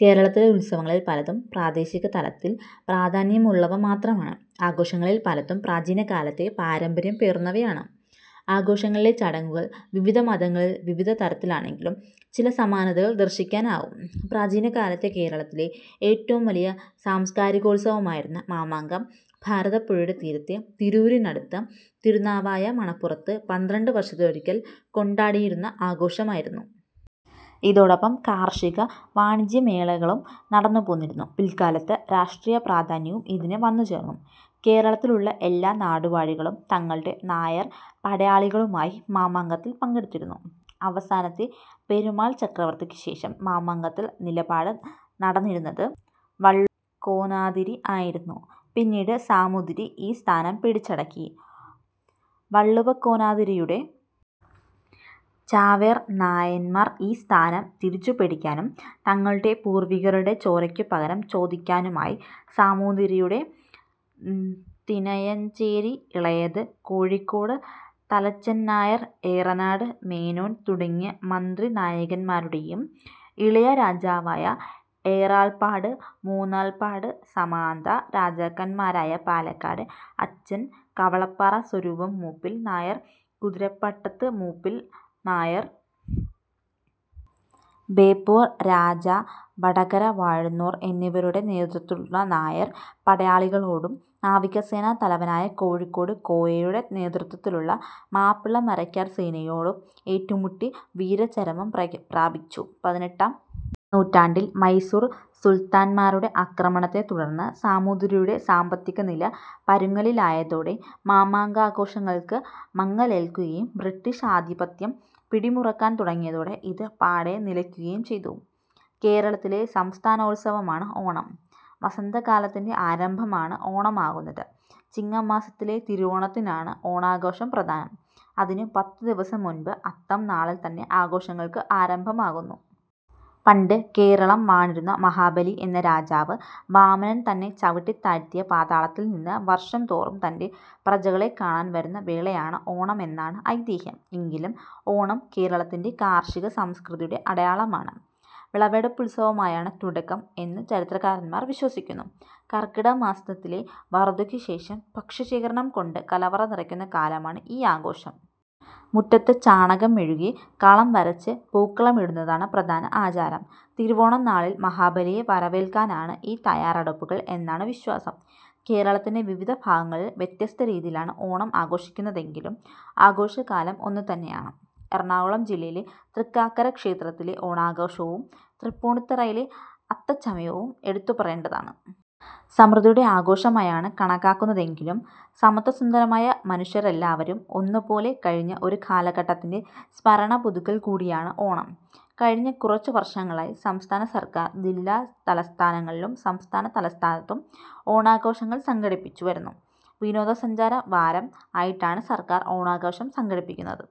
കേരളത്തിലെ ഉത്സവങ്ങളിൽ പലതും പ്രാദേശിക തലത്തിൽ പ്രാധാന്യമുള്ളവ മാത്രമാണ്. ആഘോഷങ്ങളിൽ പലതും പ്രാചീനകാലത്തെ പാരമ്പര്യം പേറുന്നവയാണ്. ആഘോഷങ്ങളിലെ ചടങ്ങുകൾ വിവിധ മതങ്ങളിൽ വിവിധ തരമാണെങ്കിലും ചില സമാനതകൾ ദർശിക്കാനാവും. പ്രാചീനകാലത്തെ കേരളത്തിലെ ഏറ്റവും വലിയ സാംസ്കാരികോത്സവമായിരുന്ന മാമാങ്കം ഭാരതപ്പുഴയുടെ തീരത്തെ തിരൂരിനടുത്ത് തിരുനാവായ മണപ്പുറത്ത് പന്ത്രണ്ട് വർഷത്തിലൊരിക്കൽ കൊണ്ടാടിയിരുന്ന ആഘോഷമായിരുന്നു. ഇതോടൊപ്പം കാർഷിക വാണിജ്യമേളകളും നടന്നുപോന്നിരുന്നു. പിൽക്കാലത്ത് രാഷ്ട്രീയ പ്രാധാന്യവും ഇതിന് വന്നുചേർന്നു. കേരളത്തിൽ ഉള്ള എല്ലാ നാടുവാഴികളും തങ്ങളുടെ നായർ പടയാളികളുമായി മാമാങ്കത്തിൽ പങ്കെടുത്തിരുന്നു. അവസാനത്തെ പെരുമാൾ ചക്രവർത്തിക്ക് ശേഷം മാമാങ്കത്തിൽ നിലപാട് നടന്നിരുന്നത് വള്ളുക്കോനാതിരി ആയിരുന്നു. പിന്നീട് സാമൂതിരി ഈ സ്ഥാനം പിടിച്ചടക്കി. വള്ളുവക്കോനാതിരിയുടെ ചാവേർ നായന്മാർ ഈ സ്ഥാനം തിരിച്ചുപിടിക്കാനും തങ്ങളുടെ പൂർവികരുടെ ചോരയ്ക്ക് പകരം ചോദിക്കാനുമായി സാമൂതിരിയുടെ തിനയഞ്ചേരി ഇളയത് കോഴിക്കോട് തലച്ചെൻനായർ ഏറനാട് മേനോൻ തുടങ്ങിയ മന്ത്രി നായകന്മാരുടെയും ഇളയ രാജാവായ ഏറാൾപ്പാട് മൂന്നാൾപ്പാട് സമാന്ത രാജാക്കന്മാരായ പാലക്കാട് അച്ചൻ കവളപ്പാറ സ്വരൂപം മൂപ്പിൽ നായർ കുതിരവട്ടത്ത് മൂപ്പിൽ നായർ ബേപ്പൂർ രാജാ വടകര വാഴുന്നോർ എന്നിവരുടെ നേതൃത്വത്തിലുള്ള നായർ പടയാളികളോടും നാവികസേനാ തലവനായ കോഴിക്കോട് കോയയുടെ നേതൃത്വത്തിലുള്ള മാപ്പിള മരക്കാർ സേനയോടും ഏറ്റുമുട്ടി വീരചരമം പ്ര പ്രാപിച്ചിരുന്നു. പതിനെട്ടാം നൂറ്റാണ്ടിൽ മൈസൂർ സുൽത്താന്മാരുടെ ആക്രമണത്തെ തുടർന്ന് സാമൂതിരിയുടെ സാമ്പത്തികനില പരുങ്ങലിലായതോടെ മാമാങ്കാഘോഷങ്ങൾക്ക് മങ്ങലേൽക്കുകയും ബ്രിട്ടീഷ് ആധിപത്യം പിടിമുറുക്കാൻ തുടങ്ങിയതോടെ ഇത് പാടേ നിലയ്ക്കുകയും ചെയ്തു. കേരളത്തിലെ സംസ്ഥാനോത്സവമാണ് ഓണം. വസന്തകാലത്തിൻ്റെ ആരംഭമാണ് ഓണമാകുന്നത്. ചിങ്ങമാസത്തിലെ തിരുവോണത്തിനാണ് ഓണാഘോഷം പ്രധാനം. അതിനു പത്തു ദിവസം മുൻപ് അത്തം നാളിൽ തന്നെ ആഘോഷങ്ങൾക്ക് ആരംഭമാകുന്നു. പണ്ട് കേരളം വാണിരുന്ന മഹാബലി എന്ന രാജാവ് വാമനൻ തന്നെ ചവിട്ടിത്താഴ്ത്തിയ പാതാളത്തിൽ നിന്ന് വർഷം തോറും തൻ്റെ പ്രജകളെ കാണാൻ വരുന്ന വേളയാണ് ഓണമെന്നാണ് ഐതിഹ്യം. എങ്കിലും ഓണം കേരളത്തിൻ്റെ കാർഷിക സംസ്കൃതിയുടെ അടയാളമാണ്. വിളവെടുപ്പുത്സവമായാണ് തുടക്കം എന്നു ചരിത്രകാരന്മാർ വിശ്വസിക്കുന്നു. കർക്കിടകമാസത്തിലെ വറുതിക്ക് ശേഷം ഭക്ഷ്യശേഖരം കൊണ്ട് കലവറ നിറയുന്ന കാലമാണ് ഈ ആഘോഷം. മുറ്റത്ത് ചാണകം മെഴുകി കളം വരച്ച് പൂക്കളമിടുന്നതാണ് പ്രധാന ആചാരം. തിരുവോണ നാളിൽ മഹാബലിയെ വരവേൽക്കാനാണ് ഈ തയ്യാറെടുപ്പുകൾ എന്നാണു വിശ്വാസം. കേരളത്തിൻ്റെ വിവിധ ഭാഗങ്ങളിൽ വ്യത്യസ്ത രീതിയിലാണ് ഓണം ആഘോഷിക്കുന്നതെങ്കിലും ആഘോഷകാലം ഒന്നു തന്നെയാണ്. എറണാകുളം ജില്ലയിലെ തൃക്കാക്കര ക്ഷേത്രത്തിലെ ഓണാഘോഷവും തൃപ്പൂണിത്തുറയിലെ അത്തച്ചമയവും എടുത്തുപറയേണ്ടതാണ്. സമൃദ്ധിയുടെ ആഘോഷമായാണ് കണക്കാക്കുന്നതെങ്കിലും സമത്വസുന്ദരമായ മാനുഷരെല്ലാവരും ഒന്നു പോലെ കഴിഞ്ഞ ഒരു കാലഘട്ടത്തിൻ്റെ സ്മരണ പുതുക്കൽ കൂടിയാണ് ഓണം. കഴിഞ്ഞ കുറച്ചു വർഷങ്ങളായി സംസ്ഥാന സർക്കാർ ജില്ലാ തലസ്ഥാനങ്ങളിലും സംസ്ഥാന തലസ്ഥാനത്തും ഓണാഘോഷങ്ങൾ സംഘടിപ്പിച്ചു വരുന്നു. വിനോദസഞ്ചാര വാരം ആയിട്ടാണ് സർക്കാർ ഓണാഘോഷം സംഘടിപ്പിക്കുന്നത്.